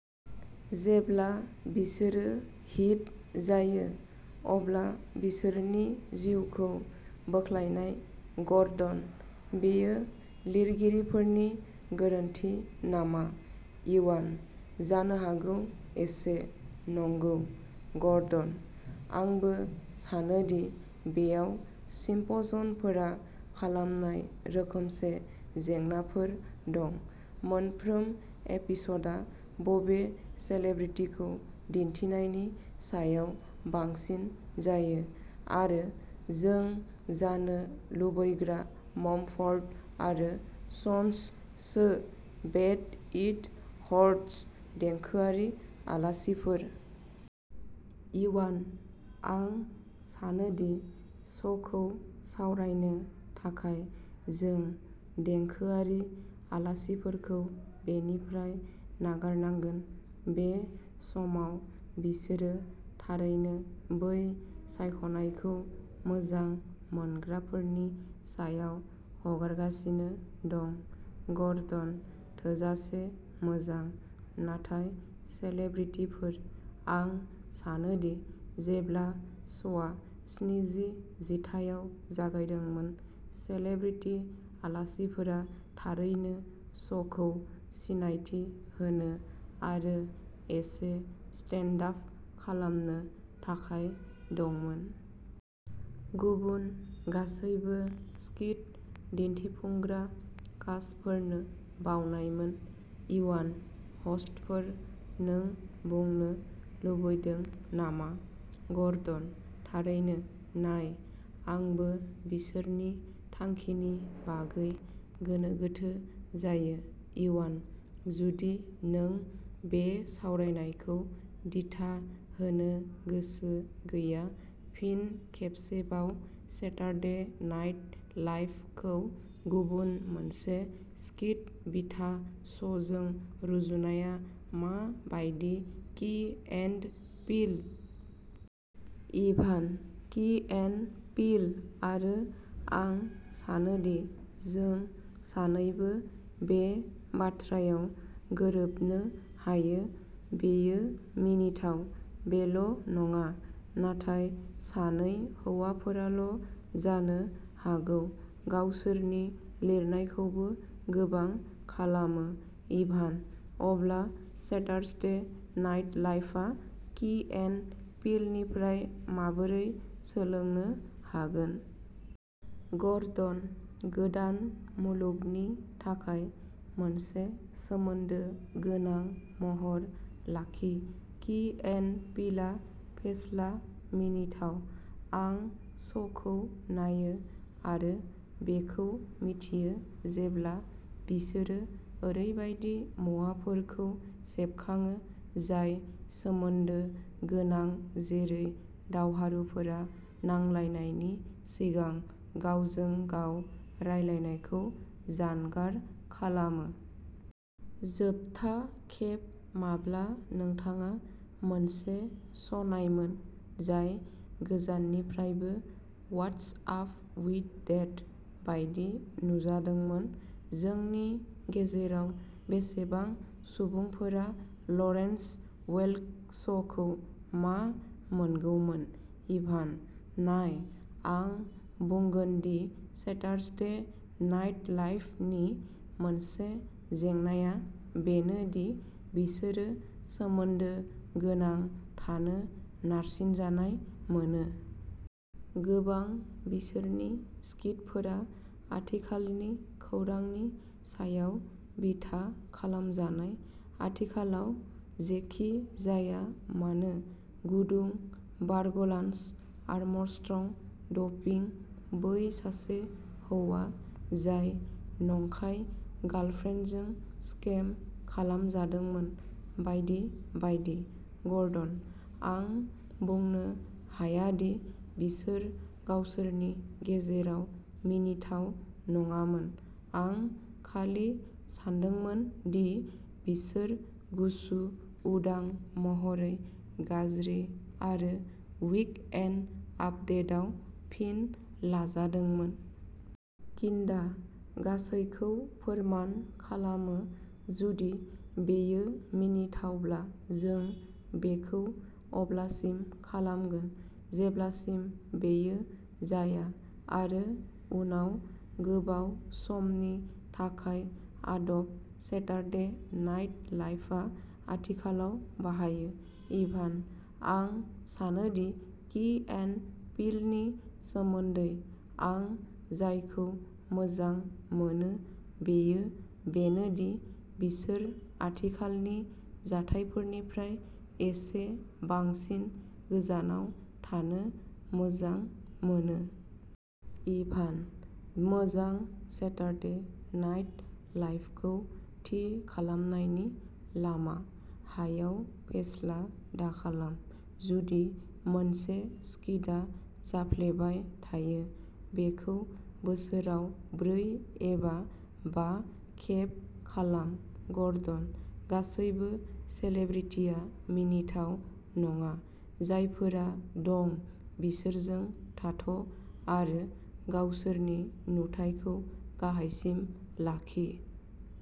जेब्ला बिसोरो हिट जायो अब्ला बिसोरनि जिउखौ बोख्लायनाय। गर्डनः बेयो लिरगिरिफोरनि गोरोन्थि नामा? इवानः जानो हागौ एसे, नंगौ। गर्डनः आंबो सानो दि बेयाव सिम्पसनफोरा खालामनाय रोखोमसे जेंनाफोर दं। मोनफ्रोम एपिसडआ बबे सेलेब्रिटिखौ दिन्थिनायनि सायाव बांसिन जायो आरो "जों जानो लुबैग्रा मम्फर्ड आरो Sons so bad it hurts देंखोआरि आलासिफोर। इवानः आं सानो दि श'खौ सावरायनो थाखाय जों देंखोआरि आलासिफोरखौ बेनिफ्राय नागारनांगोन। बे समाव बिसोरो थारैनो बै सायख'नायखौ मोजां मोनग्राफोरनि सायाव हगारगासिनो दं। गर्डनः थोजासे मोजां। नाथाय सेलेब्रिटिफोर। आं सानोदि जेब्ला श'आ स्निजि जिथाइयाव जागायदोंमोन, सेलेब्रिटि आलासिफोरा थारैनो श'खौ सिनायथि होनो आरो एसे स्टेन्ड डाक खालामनो थाखाय दंमोन। गुबुन गासैबो सिकिट दिन्थिफुंग्रा कास्टफोरनो बावनायमोन। इवानः हस्टफोर, नों बुंनो लुबैदों नामा? गर्डनः थारैनो, नाय आंबो बिसोरनि थांखिनि बागै गोनो गोथो जायो। इवानः जुदि नों बे सावरायनायखौ दिथा होनो गोसो गैया फिन खेबसेबाव, सेटारडे नाइट लाइप खौ गुबुन मोनसे सिकिट बिथा श'जों रुजुनाया मा बायदि की एन्ड पील। इभानः की एन्ड पील आरो आं सानोदि जों सानैबो बे बाथ्रायाव गोरोबनो हायो, बेयो मिनिथाव। बेल'नङा, नाथाय सानै हौवाफोराल' जानो हागौ, गावसोरनि लिरनायखौबो गोबां खालामो। इभानः अब्ला सेटारसडे नाइट लाइप आ की एन्ड पीलनिफ्राय माबोरै सोलोंनो हागोन? गर्डनः गोदान मुलुगनि थाखाय मोनसे सोमोन्दो गोनां महर लाखि। की एन्ड पीलआ फेस्ला, मिनिथाव। आं श'खौ नायो आरो बेखौ मिथियो जेब्ला बिसोरो ओरैबायदि मुवाफोरखौ सेबखांयो जाय सोमोन्दो गोनां जेरै दावहारुफोरा नांलायनायनि सिगां गावजों गाव रायलायनायखौ जानगार खालामो। जोबथा खेब माब्ला नोंथाङा मोनसे श'नायमोन जाय गोजाननिफ्रायबो "वाटस आप विद देट" बायदि नुजादोंमोन? जोंनि गेजेराव बेसेबां सुबुंफोरा लरेन्स वेल्क श'खौ मा मोनगौमोन? इभानः नाय, आं बुंगोन दि सेटारसदे नाइट लाइप नि मोनसे जेंनाआ बेनो दि बिसोरो सोमोन्दो गोनां थानो नारसिनजानाय मोनो। गोबां बिसोरनि सिकिमफोरा आथिखालनि खौरांनि सायाव बिथा खालामजानाय, आथिखालाव जेखि जाया मानो गुदुं बारग'लान्स आर्मस्ट्रं ड'पिं, बै सासे हौवा जाय नंखाय गार्लफ्रेन्डजों स्केम खालामजादोंमोन, बायदि बायदि। गर्डनः आं बुंनो हाया दि बिसोर गावसोरनि गेजेराव मिनिथाव नङामोन आं खालि सानदोंमोन दि बिसोर गुसु उदां महरै गाज्रि आरो वीक एन्ड आपदेटआव फिन लाजादोंमोन। किन्डा गासैखौ फोरमान खालामो जुदि बेयो मिनिथावब्ला जों बेखौ अब्लासिम खालामगोन जेब्लासिम बेयो जाया आरो उनाव गोबाव समनि थाखाय आदब सेटारडे नाइट लाइपआ आथिखालाव बाहायो। इभानः आं सानोदि की एन्ड पीलनि सोमोन्दै आं जायखौ मोजां मोनो बेयो बेनो दि बिसोर आथिखालनि जाथायफोरनिफ्राय एसे बांसिन गोजानाव थानो मोजां मोनो। इभानः मोजां सेटारडे नाइट लाइपखौ थि खालामनायनि लामा, हायाव फेस्ला दाखालाम। जुदि मोनसे सिकिटआ जाफ्लेबाय थायो, बेखौ बोसोराव ब्रै एबा बा खेब खालाम। गर्डनः गासैबो सेलेब्रिटीआ मिनिथाव नङा। जायफोरा दं बिसोरजों थाथ ' आरो गावसोरनि नुथायखौ गाहायसिम लाखि।